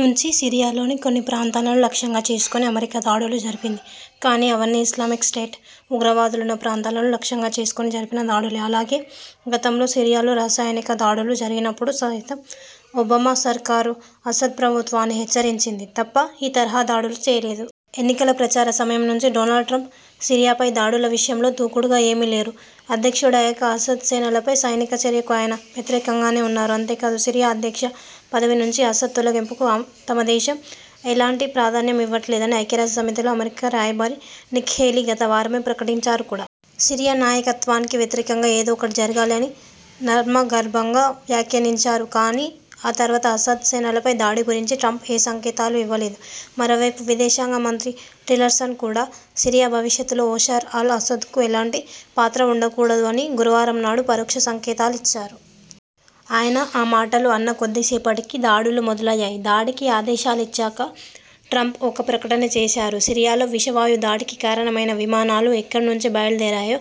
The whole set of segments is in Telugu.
నుంచి సిరియాలోని కొన్ని ప్రాంతాలను లక్ష్యంగా చేసుకుని అమెరికా దాడులు జరిపింది. కానీ, అవన్నీ ఇస్లామిక్ స్టేట్ ఉగ్రవాదులున్న ప్రాంతాలను లక్ష్యంగా చేసుకుని జరిపిన దాడులే. అలాగే.. గతంలో సిరియాలో రసాయనిక దాడులు జరిగినప్పుడు సైతం ఒబామా సర్కారు అసద్ ప్రభుత్వాన్ని హెచ్చరించింది తప్ప ఈ తరహా దాడులు చేయలేదు. ఎన్నికల ప్రచార సమయం నుంచీ డోనాల్డ్ ట్రంప్ సిరియాపై దాడుల విషయంలో దూకుడుగా ఏమీ లేరు. అధ్యక్షుడయ్యాకా.. అసద్ సేనలపై సైనిక చర్యకు ఆయన వ్యతిరేకంగానే ఉన్నారు. అంతే కాదు.. సిరియా అధ్యక్ష పదవి నుంచి అసద్ తొలగింపుకు తమదేశం ఎలాంటి ప్రాధాన్యం ఇవ్వట్లేదని. ఐక్యరాజ్యసమితిలో అమెరికా రాయబారి నిక్కీహేలీ గతవారమే ప్రకటించారు కూడా. ''సిరియా నాయకత్వానికి వ్యతిరేకంగా ఏదో ఒకటి జరగాలి'' అని నర్మగర్భంగా వ్యాఖ్యానించారు. కానీ, ఆ తర్వాత అసద్ సేనలపై దాడి గురించి ట్రంప్ ఏ సంకేతాలూ ఇవ్వలేదు. మరోవైపు విదేశాంగ మంత్రి టిల్లర్సన్ కూడా.. ''సిరియా భవిష్యత్తులో ఓషర్ అల్ అసద్కు ఎలాంటి పాత్రా ఉండకూడదు'' అని గురువారంనాడు పరోక్ష సంకేతాలిచ్చారు. ఆయన ఆ మాటలు అన్న కొద్దిసేపటికే దాడులు మొదలయ్యాయి. దాడికి ఆదేశాలిచ్చాక ట్రంప్ఒక ప్రకటన చేశారు. ''సిరియాలో విషవాయుదాడికి కారణమైన విమానాలు ఎక్కడి నుంచి బయల్దేరాయో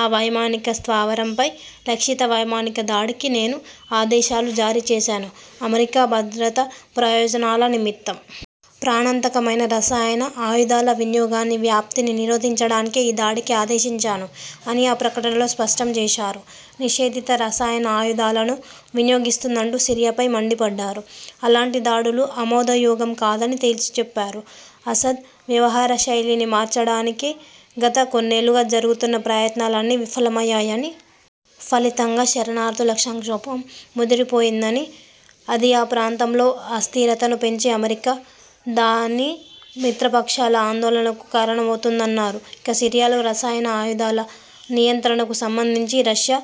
ఆ వైమానిక స్థావరంపై లక్ష్యిత వైమానిక దాడికి నేను ఆదేశాలు జారీ చేశాను. అమెరికా భద్రతా ప్రయోజనాల నిమిత్తం.. ప్రాణాంతకమైన రసాయన ఆయుధాల వినియోగాన్ని, వ్యాప్తిని నిరోధించడానికే ఈ దాడికి ఆదేశించాను'' అని ఆ ప్రకటనలో స్పష్టం చేశారు. నిషేధిత రసాయన ఆయుధాలను వినియోగిస్తోందంటూ సిరియాపై మండిపడ్డారు. అలాంటి దాడులు ఆమోదయోగం కాదని తేల్చిచెప్పారు. అసద్ వ్యవహారశైలిని మార్చడానికి గత కొన్నేళ్లుగా జరుగుతున్న ప్రయత్నాలన్నీ విఫలమయ్యాయని.. ఫలితంగా శరణార్థుల సంక్షోభం ముదిరిపోయిందని, అది ఆ ప్రాంతంలో అస్థిరతను పెంచి అమెరికా, దాని మిత్రపక్షాల ఆందోళనకు కారణమవుతోందన్నారు. ఇక.. సిరియాలో రసాయన ఆయుధాల నియంత్రణకు సంబంధించి రష్యా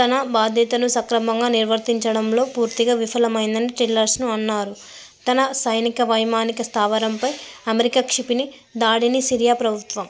తన బాధ్యతను సక్రమంగా నిర్వర్తించడంలో పూర్తిగా విఫలమైందని టిల్లర్సన్ అన్నారు. తన సైనిక వైమానిక స్థావరంపై అమెరికా క్షిపణి దాడిని సిరియా ప్రభుత్వం